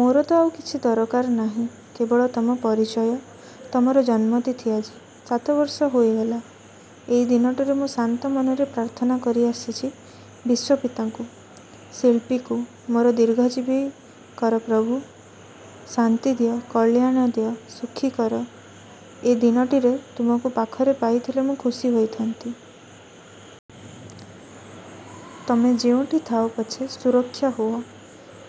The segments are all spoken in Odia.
ମୋର ତ ଆଉ କିଛି ଦରକାର ନାହିଁ କେବଳ ତମ ପରିଚୟ। ତମର ଜନ୍ମତିଥି ଆଜି। ସାତବର୍ଷ ହୋଇଗଲା। ଏଇ ଦିନଟିରେ ମୁଁ ଶାନ୍ତ ମନରେ ପ୍ରାର୍ଥନା କରିଆସିଛି ବିଶ୍ଵପିତାଙ୍କୁ-ଶିଳ୍ପୀକୁ ମୋର ଦୀର୍ଘଜୀବୀ କର ପ୍ରଭୁ, ଶାନ୍ତି ଦିଅ, କଲ୍ୟାଣ ଦିଅ, ସୁଖୀ କର। ଏ ଦିନଟିରେ ତୁମକୁ ପାଖରେ ପାଇଥିଲେ ମୁଁ ଖୁସି ହୋଇଥାନ୍ତି। ତମେ ଯେଉଁଠି ଥାଅ ପଛେ ସୁରକ୍ଷା ହୁଅ।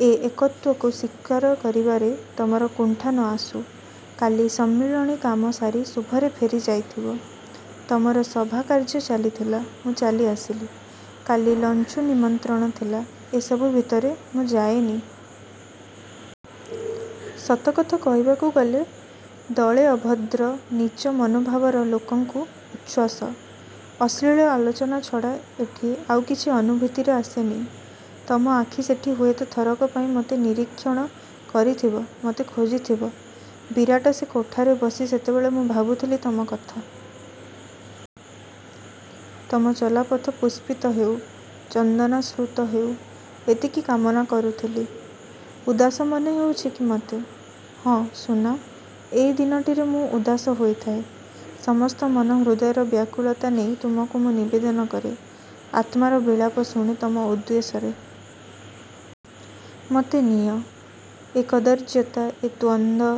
ଏ ଏକତ୍ଵକୁ ସ୍ଵୀକାର କରିବାରେ ତମର କୁଣ୍ଠା ନ ଆସୁ। କାଲି ସମ୍ମିଳନୀ କାମ ସାରି ଶୁଭରେ ଫେରିଯାଇଥିବ। ତମର ସଭାକାର୍ଯ୍ୟ ଚାଲିଥିଲା। ମୁଁ ଚାଲିଆସିଲି। କାଲି ଲଞ୍ଚ୍କୁ ନିମନ୍ତ୍ରଣ ଥିଲା। ଏ ସବୁ ଭିତରେ ମୁଁ ଯାଏନି। ସତକଥା କହିବାକୁ ଗଲେ ଦଳେ ଅଭଦ୍ର, ନୀଚ ମନୋଭାବର ଲୋକଙ୍କ ଉଚ୍ଛ୍ଵାସ। ଅଶ୍ଳୀଳ ଆଲୋଚନା ଛଡ଼ା ଏଠି ଆଉ କିଛି ଅନୁଭୂତିରେ ଆସେନି। ତମ ଆଖି ସେଠି ହୁଏତ ଥରକ ପାଇଁ ମତେ ନିରୀକ୍ଷଣ କରିଥିବ, ମତେ ଖୋଜିଥିବ। ବିରାଟ ସେ କୋଠାରେ ବସି ସେତେବେଳେ ମୁଁ ଭାବୁଥିଲି ତମ କଥା। ତମ ଚଲାପଥ ପୁଷ୍ପିତ ହେଉ, ଚନ୍ଦନାସ୍ତୃତ ହେଉ-ଏତିକି କାମନା କରୁଥିଲି। ଉଦାସ ମନେହେଉଛି କି ମତେ? ହଁ ସୁନା, ଏଇ ଦିନଟିରେ ମୁଁ ଉଦାସ ହୋଇଥାଏ। ସମସ୍ତ ମନ ହୃଦୟର ବ୍ୟାକୁଳତା ନେଇ ତୁମକୁ ମୁଁ ନିବେଦନ କରେ। ଆତ୍ମାର ବିଳାପ ଶୁଣେ ତମର ଉଦ୍ଦେଶ୍ୟରେ। ମତେ ନିଅ; ଏ କଦର୍ଯ୍ୟତା, ଏ ଦ୍ୱନ୍ଦ,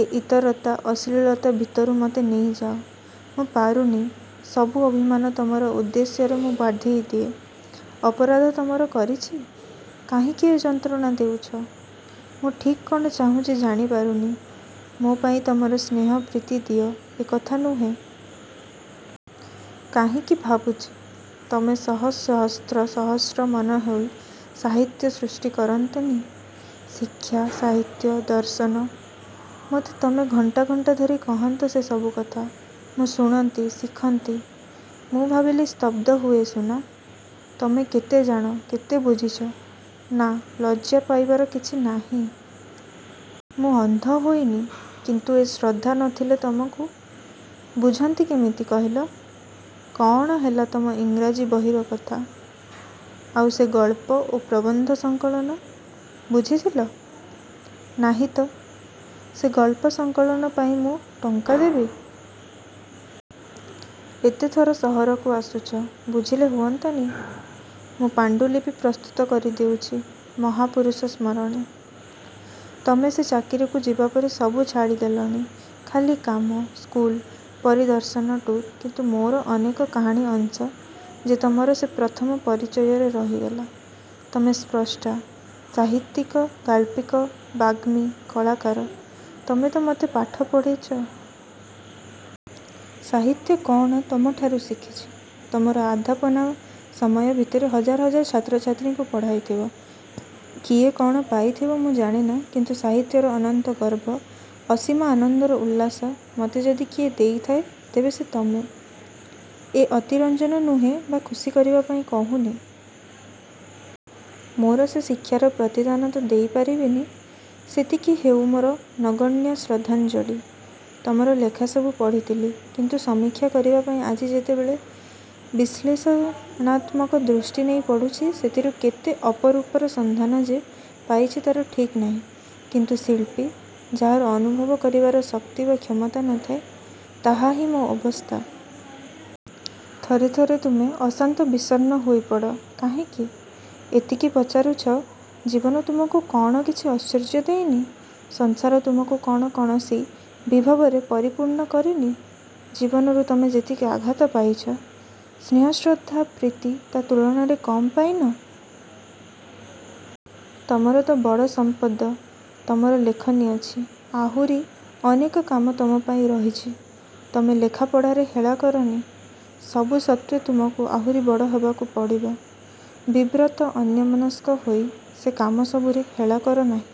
ଏ ଇତରତା, ଅଶ୍ଲୀଳତା ଭିତରୁ ମତେ ନେଇଯାଅ। ମୁଁ ପାରୁନି। ସବୁ ଅଭିମାନ ତମର ଉଦ୍ଦେଶ୍ୟର ମୁଁ ବାଢ଼ିଦିଏ। ଅପରାଧ ତମର କରିଛି? କାହିଁକି ଏ ଯନ୍ତ୍ରଣା ଦେଉଛ? ମୁଁ ଠିକ୍ କ'ଣ ଚାହୁଁଛି ଜାଣିପାରୁନି। ମୋ ପାଇଁ ତମର ସ୍ନେହ ପ୍ରୀତି ଦିଅ ଏ କଥା ନୁହେଁ। କାହିଁକି ଭାବୁଛି, ତମେ ସହସ୍ରହସ୍ତ, ସହସ୍ର ମନ ହୋଇ ସାହିତ୍ୟ ସୃଷ୍ଟି କରନ୍ତନି? ଶିକ୍ଷା, ସାହିତ୍ୟ, ଦର୍ଶନ। ମତେ ତମେ ଘଣ୍ଟା-ଘଣ୍ଟାଧରି କହନ୍ତ ସେସବୁ କଥା-ମୁଁ ଶୁଣନ୍ତି, ଶିଖନ୍ତି। ମୁଁ ଭାବିଲି ସ୍ତବ୍ଧ ହୁଏ ସୁନା! ତମେ କେତେ ଜାଣ, କେତେ ବୁଝିଛ। ନା, ଲଜ୍ଜା ପାଇବାର କିଛି ନାହିଁ। ମୁଁ ଅନ୍ଧ ହୋଇନି। କିନ୍ତୁ ଏଇ ଶ୍ରଦ୍ଧା ନ ଥିଲେ ତମକୁ। ବୁଝନ୍ତି କେମିତି କହିଲ? କଅଣ ହେଲା ତମ ଇଂରାଜୀ ବହିର କଥା? ଆଉ ସେ ଗଳ୍ପ ଓ ପ୍ରବନ୍ଧ ସଂକଳନ? ବୁଝିଥିଲ? ନାହିଁ ତ, ସେ ଗଳ୍ପ ସଂକଳନ ପାଇଁ ମୁଁ ଟଙ୍କା ଦେବି। ଏତେ ଥର ସହରକୁ ଆସୁଛ, ବୁଝିଲେ ହୁଅନ୍ତାନି? ମୁଁ ପାଣ୍ଡୁଲିପି ପ୍ରସ୍ତୁତ କରିଦେଉଛି-'ମହାପୁରୁଷ ସ୍ମରଣେ'। ତମେ ସେ ଚାକିରିକୁ ଯିବାପରେ ସବୁ ଛାଡ଼ିଦେଲଣି। ଖାଲି କାମ, ସ୍କୁଲ, ପରିଦର୍ଶନ ଟୁର୍-କିନ୍ତୁ ମୋର ଅନେକକାହାଣୀ ଅଂଶ ଯେ ତମର ସେ ପ୍ରଥମ ପରିଚୟରେ ରହିଗଲା-ତମେ ସ୍ରଷ୍ଟା।, ସାହିତ୍ୟିକ, ଗାଳ୍ପିକ, ବାଗ୍ମୀ, କଳାକାର ତମେ ତ ମତେ ପାଠ ପଢ଼େଇଚ। ସାହିତ୍ୟ କଅଣ ତମଠାରୁ ଶିଖିଛି। ତମର ଅଧ୍ୟାପନା ସମୟ ଭିତରେ ହଜାର ହଜାର ଛାତ୍ରଛାତ୍ରୀଙ୍କୁ ପଢ଼ାଇଥିବ। କିଏ କଅଣ ପାଇଥିବ ମୁଁ ଜାଣେନା, କିନ୍ତୁ ସାହିତ୍ୟର ଅନନ୍ତଗର୍ଭ, ଅସୀମ ଆନନ୍ଦର ଉଲ୍ଲାସ ମତେ ଯଦି କିଏ ଦେଇଥାଏ, ତେବେ ସେ ତମେ। ଏ ଅତିରଞ୍ଜନ ନୁହେଁ ବା ଖୁସି କରିବାପାଇଁ କହୁନି। ମୋର ସେ ଶିକ୍ଷାର ପ୍ରତିଦାନ ତ ଦେଇପାରିବିନି-ସେତିକି ହେଉ ମୋର ନଗଣ୍ୟ ଶ୍ରଦ୍ଧାଞ୍ଜଳି। ତମର ଲେଖା ସବୁ ପଢ଼ିଥିଲି। କିନ୍ତୁ ସମୀକ୍ଷା କରିବାପାଇଁ ଆଜି ଯେତେବେଳେ ବିଶ୍ଳେଷଣାତ୍ମକ ଦୃଷ୍ଟି ନେଇ ପଡ଼ୁଛି ସେଥିରୁ କେତେ ଅପରୂପର ସନ୍ଧାନ ଯେ ପାଇଛି ତାର ଠିକ୍ ନାହିଁ। କିନ୍ତୁ ଶିଳ୍ପୀ, ଯାହାର ଅନଭୁବ କରିବାର ଶକ୍ତି ବା କ୍ଷମତା ନଥାଏ, ତାହାହିଁ ମୋ ଅବସ୍ଥା। ଥରେ ଥରେ ତୁମେ ଅଶାନ୍ତ ବିଷର୍ଣ୍ଣ ହୋଇପଡ଼। କାହିଁକି? ଏତିକି ପଚାରୁଛ, ଜୀବନ ତୁମକୁ କଅଣ କିଛି ଐଶ୍ୱର୍ଯ୍ୟ ଦେଇନି? ସଂସାର ତୁମକୁ କଅଣ କୌଣସି ବିଭବରେ ପରିପୂର୍ଣ୍ଣ କରିନି? ଜୀବନରୁ ତମେ ଯେତିକି ଆଘାତ ପାଇଛ, ସ୍ନେହଶ୍ରଦ୍ଧା, ପ୍ରୀତି ତା ତୁଳନାରେ କମ୍ ପାଇନ। ତମର ତ ବଡ଼ ସମ୍ପଦ ତମର ଲେଖନୀ ଅଛି। ଆହୁରି ଅନେକ କାମ ତମପାଇଁ ରହିଛି। ତମେ ଲେଖାପଢ଼ାରେ ହେଳା କରନି। ସବୁ ସତ୍ତ୍ୱେ ତୁମକୁ ଆହୁରି ବଡ଼ ହେବାକୁ ପଡ଼ିବ। ବିବ୍ରତ ଅନ୍ୟମନସ୍କ ହୋଇ ସେ କାମ ସବୁରେ ହେଳା କରନାହିଁ।